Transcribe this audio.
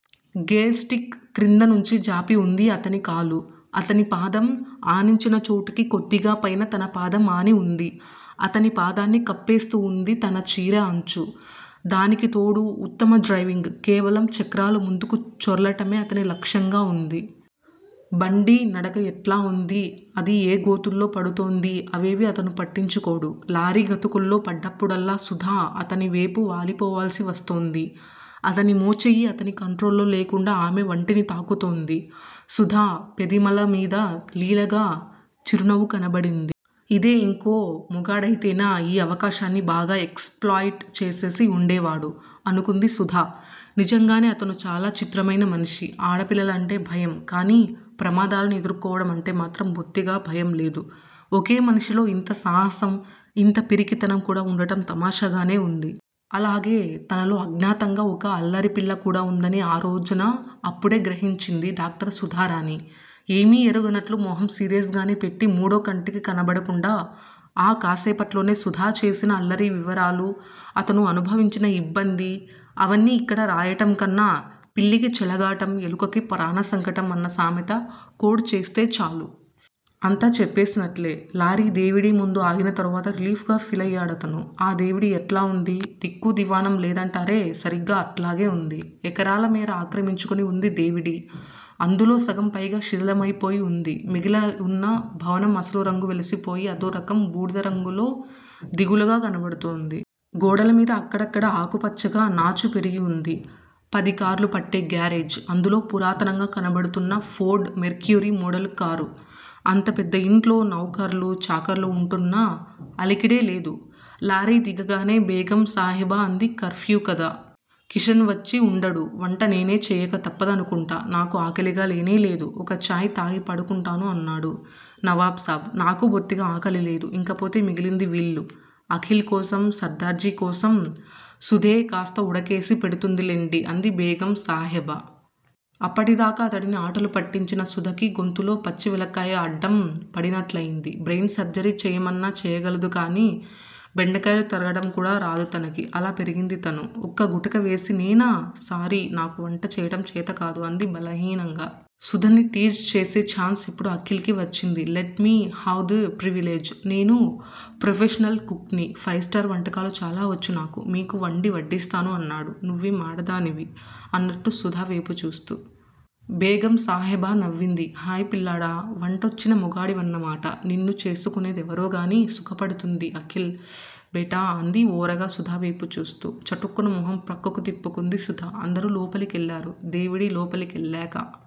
Gear stick క్రిందనుంచి జాపి వుంది అతని కాలు. అతని పాదం ఆనించిన చోటుకి కొద్దిగా పైన తన పాదం ఆని వుంది. అతని పాదాన్ని కప్పేస్తూ వుంది తన చీరె అంచు. దానికితోడు ఉత్తమ్ డ్రైవింగ్! కేవలం చక్రాలు ముందుకు చొర్లటమే అతని లక్ష్యంగా ఉంది. బండీ నడక ఎట్లా ఉందీ, అది ఏ గోతుల్లో పడుతోందీ, అవేవీ అతను పట్టించుకోడు. లారీ గతుకుల్లో పడ్డప్పుడల్లా సుధ అతని వేపు వాలిపోవాల్సి వస్తోంది. అతని మోచెయ్యి అతని కంట్రోల్లో లేకుండా ఆమె వంటిని తాకుతోంది. సుధ పెదిమల మీద లీలగా చిరునవ్వు కనబడింది. 'ఇదే ఇంకో మొగాడయితేనా ఈ అవకాశాన్ని బాగా ఎక్స్ ప్లాయిట్ చేసేసి వుండేవాడు' అనుకుంది సుధ. నిజంగానే ఇతను చాలా చిత్రమైన మనిషి! ఆడపిల్లలంటే భయం. కానీ ప్రమాదాలను ఎదుర్కోవడం అంటే మాత్రం బొత్తిగా భయం లేదు. ఒకే మనిషిలో ఇంత సాహసం, ఇంత పిరికితనం కూడా ఉండటం తమాషాగానే వుంది. అలాగే తనలో అజ్ఞాతంగా ఒక అల్లరిపిల్ల కూడా ఉందని ఆ రోజున అప్పుడే గ్రహించింది డాక్టర్ సుధారాణి. ఏమీ ఎరగనట్లు మొహం సీరియస్ గానే పెట్టి మూడో కంటికి కనబడకుండా, ఆ కాసేపట్లోనే సుధ చేసిన అల్లరి వివరాలు, అతను అనుభవించిన యిబ్బంది, అవన్నీ యిక్కడ రాయటంకన్నా 'పిల్లికి చెలగాటం, ఎలుకకి ప్రాణసంకటం' అన్న సామెత కోడ్ చేస్తే చాలు! అంతా చెప్పేసినట్లే. లారీ దేవిడీ ముందు ఆగిన తరువాత రిలీఫ్ గా ఫీలయ్యాడతను. ఆ దేవిడీ ఎట్లా ఉంది? దిక్కూ దివాణం లేదంటారే సరిగ్గా అట్లాగే ఉంది. ఎకరాల మేర ఆక్రమించుకుని ఉంది దేవిడీ. అందులో సగం పైగా శిథిలమైపోయి వుంది. మిగిలివున్న భవనం అసలు రంగు వెలిసిపోయి, అదోరకం బూడిద రంగులో దిగులుగా కనబడుతోంది. గోడల మీద అక్కడక్కడా ఆకుపచ్చగా నాచు పెరిగి వుంది. పది కార్లు పట్టే గ్యారేజ్! అందులో పురాతనంగా కనబడుతున్న ఫోర్డు మెర్క్యురీ మోడలు కారు! అంత పెద్ద ఇంట్లో నౌఖర్లూ, చాకర్లూ ఉంటున్న అలికిడే లేదు. లారీ దిగగానే బేగం సాహెబా అంది- కర్ఫ్యూ కదా! కిషన్ వచ్చి ఉండడు. వంట నేనే చెయ్యక తప్పదనుకుంటా. నాకు ఆకలిగా లేనే లేదు. ఒక చాయ్ తాగి పడుకుంటాను అన్నాడు నవాబ్ సాబ్. నాకూ బొత్తిగా ఆకలి లేదు. ఇంకపోతే మిగిలింది వీళ్ళు. అఖిల్ కోసం, సర్దార్జీ కోసం సుధే కాస్త ఉడకేసి పెడుతుందిలెండి అంది బేగం సాహెబా. అప్పటిదాకా అతడిని ఆటలు పట్టించిన సుధకి గొంతులో పచ్చి వెలక్కాయ అడ్డం పడినట్లయ్యింది. బ్రెయిన్ సర్జరీ చెయ్యమన్నా చెయ్యగలదు గాని, బెండకాయలు తరగటం కూడా రాదు తనకి! అలా పెరిగింది తను! ఒక్క గుటక వేసి నేనా! సారీ నాకు వంట చెయ్యటం చేతకాదు అంది బలహీనంగా. సుధని టీజ్ చేసే ఛాన్స్ ఇప్పుడు అఖిల్ కి వచ్చింది. Let me have the privilege! నేను ప్రొఫెషనల్ కుక్ ని! ఫైవ్ స్టార్ వంటకాలు చాలా వచ్చు నాకు. మీకు వండి వడ్డిస్తాను అన్నాడు నువ్వేం ఆడదానివి? అన్నట్లు సుధ వేపు చూస్తూ. బేగం సాహెబా నవ్వింది. హాయ్ పిల్లాడా! వంటొచ్చిన మొగాడివన్నమాట! నిన్ను చేసుకునే దెవరోగానీ సుఖపడుతుంది అఖిల్ బేటా అంది ఓరగా సుధ వేపు చూస్తూ. చటుక్కున మొహం ప్రక్కకు తిప్పుకుంది సుధ. అందరూ లోపలికెళ్ళారు. దేవిడీ లోపలికెళ్ళాక